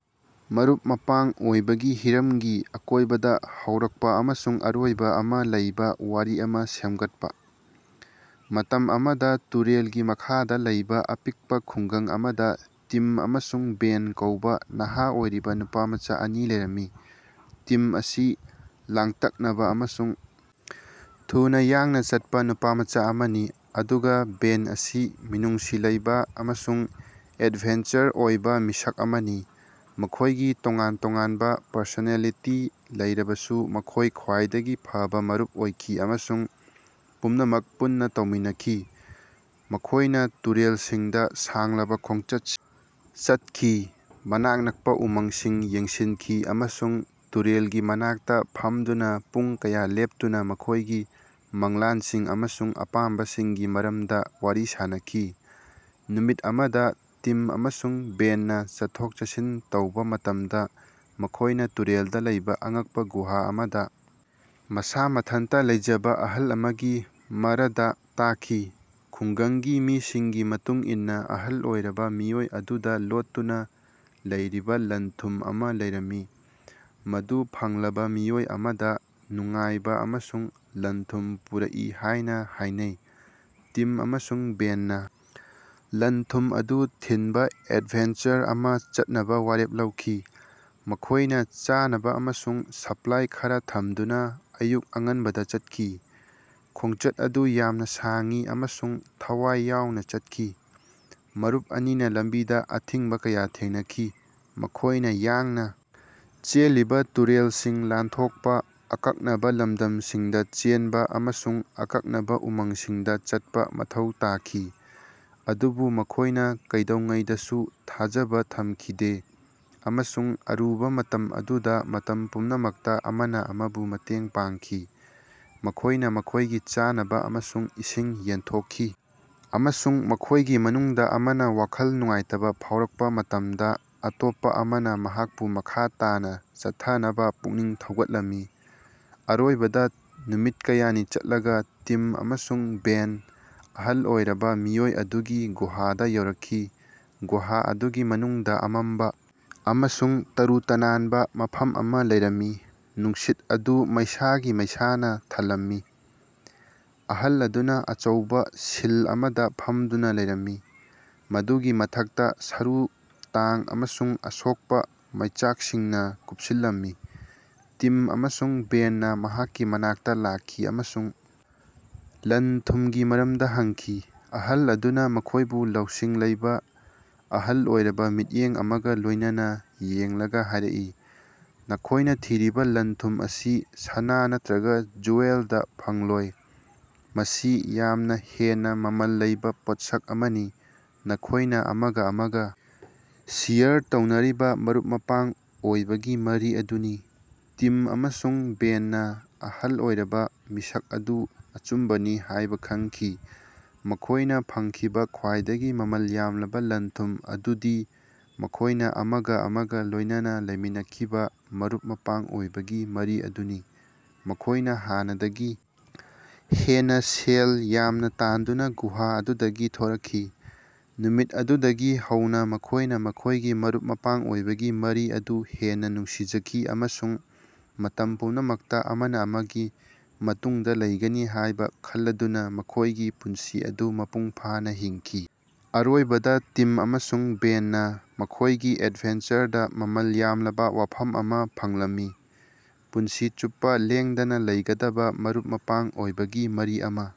ꯃꯔꯨꯞ-ꯃꯄꯥꯡ ꯑꯣꯏꯕꯒꯤ ꯍꯤꯔꯝꯒꯤ ꯑꯀꯣꯌꯕꯗ ꯍꯧꯔꯛꯄ ꯑꯃꯁꯨꯡ ꯑꯔꯣꯏꯕ ꯑꯃ ꯂꯩꯕ ꯋꯥꯔꯤ ꯑꯃ ꯁꯦꯝꯒꯠꯄ꯫ ꯃꯇꯝ ꯑꯃꯗ ꯇꯨꯔꯦꯜꯒꯤ ꯃꯈꯥꯗ ꯂꯩꯕ ꯑꯄꯤꯛꯄ ꯈꯨꯡꯒꯪ ꯑꯃꯗ ꯇꯤꯝ ꯑꯃꯁꯨꯡ ꯕꯦꯟ ꯀꯧꯕ ꯅꯍꯥ ꯑꯣꯏꯔꯤꯕ ꯅꯨꯄꯥꯃꯆ ꯑꯅꯤ ꯂꯩꯔꯝꯃꯤ꯫ ꯇꯤꯝ ꯑꯁꯤ ꯂꯥꯡꯇꯛꯅꯕ ꯑꯃꯁꯨꯡ ꯊꯨꯅ ꯌꯥꯡꯅ ꯆꯠꯄ ꯅꯨꯄꯥꯃꯆ ꯑꯃꯅꯤ, ꯑꯗꯨꯒ ꯕꯦꯟ ꯑꯁꯤ ꯃꯤꯅꯨꯡꯁꯤ ꯂꯩꯕ ꯑꯃꯁꯨꯡ ꯑꯦꯗꯚꯦꯟꯆꯔ ꯑꯣꯏꯕ ꯃꯤꯁꯛ ꯑꯃꯅꯤ꯫ ꯃꯈꯣꯌꯒꯤ ꯇꯣꯉꯥꯟ ꯇꯣꯉꯥꯟꯕ ꯄꯔꯁꯣꯅꯦꯂꯤꯇꯤ ꯂꯩꯔꯕꯁꯨ ꯃꯈꯣꯌ ꯈ꯭ꯋꯥꯏꯗꯒꯤ ꯐꯕ ꯃꯔꯨꯞ ꯑꯣꯏꯈꯤ ꯑꯃꯁꯨꯡ ꯄꯨꯝꯅꯃꯛ ꯄꯨꯟꯅ ꯇꯧꯃꯤꯟꯅꯈꯤ꯫ ꯃꯈꯣꯌꯅ ꯇꯨꯔꯦꯜꯁꯤꯡꯗ ꯁꯥꯡꯂꯕ ꯈꯣꯡꯆꯠꯁꯤꯡ ꯆꯠꯈꯤ, ꯃꯅꯥꯛ ꯅꯛꯄ ꯎꯃꯪꯁꯤꯡ ꯌꯦꯡꯁꯤꯟꯈꯤ ꯑꯃꯁꯨꯡ ꯇꯨꯔꯦꯜꯒꯤ ꯃꯅꯥꯛꯇ ꯐꯝꯗꯨꯅ ꯄꯨꯡ ꯀꯌꯥ ꯂꯦꯞꯇꯨꯅ ꯃꯈꯣꯌꯒꯤ ꯃꯪꯂꯥꯟꯁꯤꯡ ꯑꯃꯁꯨꯡ ꯑꯄꯥꯝꯕꯁꯤꯡꯒꯤ ꯃꯔꯝꯗ ꯋꯥꯔꯤ ꯁꯥꯅꯈꯤ꯫ ꯅꯨꯃꯤꯠ ꯑꯃꯗ ꯇꯤꯝ ꯑꯃꯁꯨꯡ ꯕꯦꯟꯅ ꯆꯠꯊꯣꯛ-ꯆꯠꯁꯤꯟ ꯇꯧꯕ ꯃꯇꯝꯗ ꯃꯈꯣꯌꯅ ꯇꯨꯔꯦꯜꯗ ꯂꯩꯕ ꯑꯉꯛꯄ ꯒꯨꯍꯥ ꯑꯃꯗ ꯃꯁꯥ ꯃꯊꯟꯇ ꯂꯩꯖꯕ ꯑꯍꯜ ꯑꯃꯒꯤ ꯃꯔꯗ ꯇꯥꯈꯤ꯫ ꯈꯨꯡꯒꯪꯒꯤ ꯃꯤꯁꯤꯡꯒꯤ ꯃꯇꯨꯡ ꯏꯟꯅ ꯑꯍꯜ ꯑꯣꯏꯔꯕ ꯃꯤꯑꯣꯏ ꯑꯗꯨꯗ ꯂꯣꯠꯇꯨꯅ ꯂꯩꯔꯤꯕ ꯂꯟ-ꯊꯨꯝ ꯑꯃ ꯂꯩꯔꯝꯃꯤ, ꯃꯗꯨ ꯐꯪꯂꯕ ꯃꯤꯑꯣꯏ ꯑꯃꯗ ꯅꯨꯡꯉꯥꯏꯕ ꯑꯃꯁꯨꯡ ꯂꯟ-ꯊꯨꯝ ꯄꯨꯔꯛꯏ ꯍꯥꯌꯅ ꯍꯥꯌꯅꯩ꯫ ꯇꯤꯝ ꯑꯃꯁꯨꯡ ꯕꯦꯟꯅ ꯂꯟ-ꯊꯨꯝ ꯑꯗꯨ ꯊꯤꯟꯕ ꯑꯦꯗꯚꯦꯟꯆꯔ ꯑꯃꯗ ꯆꯠꯅꯕ ꯋꯥꯔꯦꯞ ꯂꯧꯈꯤ꯫ ꯃꯈꯣꯌꯅ ꯆꯥꯅꯕ ꯑꯃꯁꯨꯡ ꯁꯄꯂꯥꯏ ꯈꯔꯥ ꯊꯝꯗꯨꯅ ꯑꯌꯨꯛ ꯑꯉꯟꯕꯗ ꯆꯠꯈꯤ꯫ ꯈꯣꯡꯆꯠ ꯑꯗꯨ ꯌꯥꯝꯅ ꯁꯥꯡꯏ ꯑꯃꯁꯨꯡ ꯊꯋꯥꯌ ꯌꯥꯑꯣꯅ ꯆꯠꯈꯤ, ꯃꯔꯨꯞ ꯑꯅꯤꯅꯥ ꯂꯝꯕꯤꯗ ꯑꯊꯤꯡꯕ ꯀꯌꯥ ꯊꯦꯡꯅꯈꯤ꯫ ꯃꯈꯣꯌꯅ ꯌꯥꯡꯅ ꯆꯦꯜꯂꯤꯕ ꯇꯨꯔꯦꯜꯁꯤꯡ ꯂꯥꯟꯊꯣꯛꯄ, ꯑꯀꯛꯅꯕ ꯂꯝꯗꯝꯁꯤꯡꯗ ꯆꯦꯟꯕ ꯑꯃꯁꯨꯡ ꯑꯀꯛꯅꯕ ꯎꯃꯪꯁꯤꯡꯗ ꯆꯠꯄꯥ ꯃꯊꯧ ꯇꯥꯈꯤ꯫ ꯑꯗꯨꯕꯨ ꯃꯈꯣꯌꯅ ꯀꯩꯗꯧꯉꯩꯗꯁꯨ ꯊꯥꯖꯕ ꯊꯝꯈꯤꯗꯦ ꯑꯃꯁꯨꯡ ꯑꯔꯨꯕ ꯃꯇꯝ ꯑꯗꯨꯗ ꯃꯇꯝ ꯄꯨꯝꯅꯃꯛꯇ ꯑꯃꯅ ꯑꯃꯕꯨ ꯃꯇꯦꯡ ꯄꯥꯡꯈꯤ꯫ ꯃꯈꯣꯌꯅ ꯃꯈꯣꯌꯒꯤ ꯆꯥꯅꯕ ꯑꯃꯁꯨꯡ ꯏꯁꯤꯡ ꯌꯦꯟꯊꯣꯛꯈꯤ ꯑꯃꯁꯨꯡ ꯃꯈꯣꯌꯒꯤ ꯃꯅꯨꯡꯗ ꯑꯃꯅ ꯋꯥꯈꯜ ꯅꯨꯡꯉꯥꯏꯇꯕ ꯐꯥꯑꯣꯔꯛꯄ ꯃꯇꯝꯗ ꯑꯇꯣꯞꯄ ꯑꯃꯅ ꯃꯍꯥꯛꯄꯨ ꯃꯈꯥ ꯇꯥꯅ ꯆꯠꯊꯅꯕ ꯄꯨꯛꯅꯤꯡ ꯊꯧꯒꯠꯂꯝꯃꯤ꯫ ꯑꯔꯣꯏꯕꯗ ꯅꯨꯃꯤꯠ ꯀꯌꯥꯅꯤ ꯆꯠꯂꯒ ꯇꯤꯝ ꯑꯃꯁꯨꯡ ꯕꯦꯟ ꯑꯍꯜ ꯑꯣꯏꯔꯕ ꯃꯤꯑꯣꯏ ꯑꯗꯨꯒꯤ ꯒꯨꯍꯥꯗ ꯌꯧꯔꯛꯈꯤ꯫ ꯒꯨꯍꯥ ꯑꯗꯨꯒꯤ ꯃꯅꯨꯡꯗ ꯑꯃꯝꯕ ꯑꯃꯁꯨꯡ ꯇꯔꯨ ꯇꯅꯥꯟꯕ ꯃꯐꯝ ꯑꯃ ꯂꯩꯔꯝꯃꯤ, ꯅꯨꯡꯁꯤꯠ ꯑꯗꯨ ꯃꯩꯁꯥꯒꯤ ꯃꯩꯁꯥꯅ ꯊꯜꯂꯝꯃꯤ꯫ ꯑꯍꯜ ꯑꯗꯨꯅ ꯑꯆꯧꯕ ꯁꯤꯜ ꯑꯃꯗ ꯐꯝꯗꯨꯅ ꯂꯩꯔꯝꯃꯤ, ꯃꯗꯨꯒꯤ ꯃꯊꯛꯇ ꯁꯔꯨ ꯇꯥꯡ ꯑꯃꯁꯨꯡ ꯑꯁꯣꯛꯄ ꯃꯩꯆꯥꯛꯁꯤꯡꯅ ꯀꯨꯞꯁꯤꯜꯂꯝꯃꯤ꯫ ꯇꯤꯝ ꯑꯃꯁꯨꯡ ꯕꯦꯟꯅ ꯃꯍꯥꯛꯀꯤ ꯃꯅꯥꯛꯇ ꯂꯥꯛꯈꯤ ꯑꯃꯁꯨꯡ ꯂꯟ-ꯊꯨꯃꯝꯒꯤ ꯃꯔꯝꯗ ꯍꯪꯈꯤ꯫ ꯑꯍꯜ ꯑꯗꯨꯅ ꯃꯈꯣꯌꯕꯨ ꯂꯧꯁꯤꯡ ꯂꯩꯕ, ꯑꯍꯜ ꯑꯣꯏꯔꯕ ꯃꯤꯠꯌꯦꯡ ꯑꯃꯒ ꯂꯣꯌꯅꯅ ꯌꯦꯡꯂꯒ ꯍꯥꯌꯔꯛꯏ, "ꯅꯈꯣꯌꯅ ꯊꯤꯔꯤꯕ ꯂꯟ-ꯊꯨꯝ ꯑꯁꯤ ꯁꯅꯥ ꯅꯠꯇ꯭ꯔꯒ ꯖꯨꯌꯦꯜꯗ ꯐꯪꯂꯣꯏ꯫ ꯃꯁꯤ ꯌꯥꯝꯅ ꯍꯦꯟꯅꯥ ꯃꯃꯜ ꯂꯩꯕ ꯄꯣꯠꯁꯛ ꯑꯃꯅꯤ꯫ ꯅꯈꯣꯌꯅ ꯑꯃꯒ ꯑꯃꯒ ꯁꯦꯌꯔ ꯇꯧꯅꯔꯤꯕ ꯃꯔꯨꯞ-ꯃꯄꯥꯡ ꯑꯣꯏꯕꯒꯤ ꯃꯔꯤ ꯑꯗꯨꯅꯤ꯫" ꯇꯤꯝ ꯑꯃꯁꯨꯡ ꯕꯦꯟꯅ ꯑꯍꯜ ꯑꯣꯏꯔꯕꯥꯃꯤꯁꯛ ꯑꯗꯨ ꯑꯆꯨꯝꯕꯅꯤ ꯍꯥꯌꯕ ꯈꯪꯈꯤ꯫ ꯃꯈꯣꯌꯅ ꯐꯪꯈꯤꯕ ꯈ꯭ꯋꯥꯏꯗꯒꯤ ꯃꯃꯜ ꯌꯥꯝꯂꯕ ꯂꯟ-ꯊꯨꯝ ꯑꯗꯨꯗꯤ ꯃꯈꯣꯌꯅ ꯑꯃꯒ ꯑꯃꯒ ꯂꯣꯌꯅꯅ ꯂꯩꯃꯤꯟꯅꯈꯤꯕ ꯃꯔꯨꯞ-ꯃꯄꯥꯡ ꯑꯣꯏꯕꯒꯤ ꯃꯔꯤ ꯑꯗꯨꯅꯤ꯫ ꯃꯈꯣꯌꯅ ꯍꯥꯟꯅꯗꯒꯤ ꯍꯦꯟꯅ ꯁꯦꯜ ꯌꯥꯝꯅꯥ ꯇꯥꯟꯗꯨꯅ ꯒꯨꯍꯥ ꯑꯗꯨꯗꯒꯤ ꯊꯣꯔꯛꯈꯤ꯫ ꯅꯨꯃꯤꯠ ꯑꯗꯨꯗꯒꯤ ꯍꯧꯅ ꯃꯈꯣꯌꯅ ꯃꯈꯣꯌꯒꯤ ꯃꯔꯨꯞ-ꯃꯄꯥꯡ ꯑꯣꯏꯕꯒꯤ ꯃꯔꯤ ꯑꯗꯨ ꯍꯦꯟꯅ ꯅꯨꯡꯁꯤꯖꯈꯤ ꯑꯃꯁꯨꯡ ꯃꯇꯝ ꯄꯨꯝꯅꯃꯛꯇ ꯑꯃꯅ ꯑꯃꯒꯤ ꯃꯇꯨꯡꯗ ꯂꯩꯒꯅꯤ ꯍꯥꯌꯕ ꯈꯜꯂꯗꯨꯅ ꯃꯈꯣꯌꯒꯤ ꯄꯨꯟꯁꯤ ꯑꯗꯨ ꯃꯄꯨꯡ ꯐꯥꯅ ꯍꯤꯡꯈꯤ꯫ ꯑꯔꯣꯏꯕꯗ ꯇꯤꯝ ꯑꯃꯁꯨꯡ ꯕꯦꯟꯅ ꯃꯈꯣꯌꯒꯤ ꯑꯦꯗꯚꯦꯟꯆꯔꯗ ꯃꯃꯜ ꯌꯥꯝꯂꯕ ꯋꯥꯐꯝ ꯑꯃ ꯐꯪꯂꯝꯃꯤ: ꯄꯨꯟꯁꯤ ꯆꯨꯞꯄ ꯂꯦꯡꯗꯅ ꯂꯩꯒꯗꯕ ꯃꯔꯨꯞ-ꯃꯄꯥꯡ ꯑꯣꯏꯕꯒꯤ ꯃꯔꯤ ꯑꯃ꯫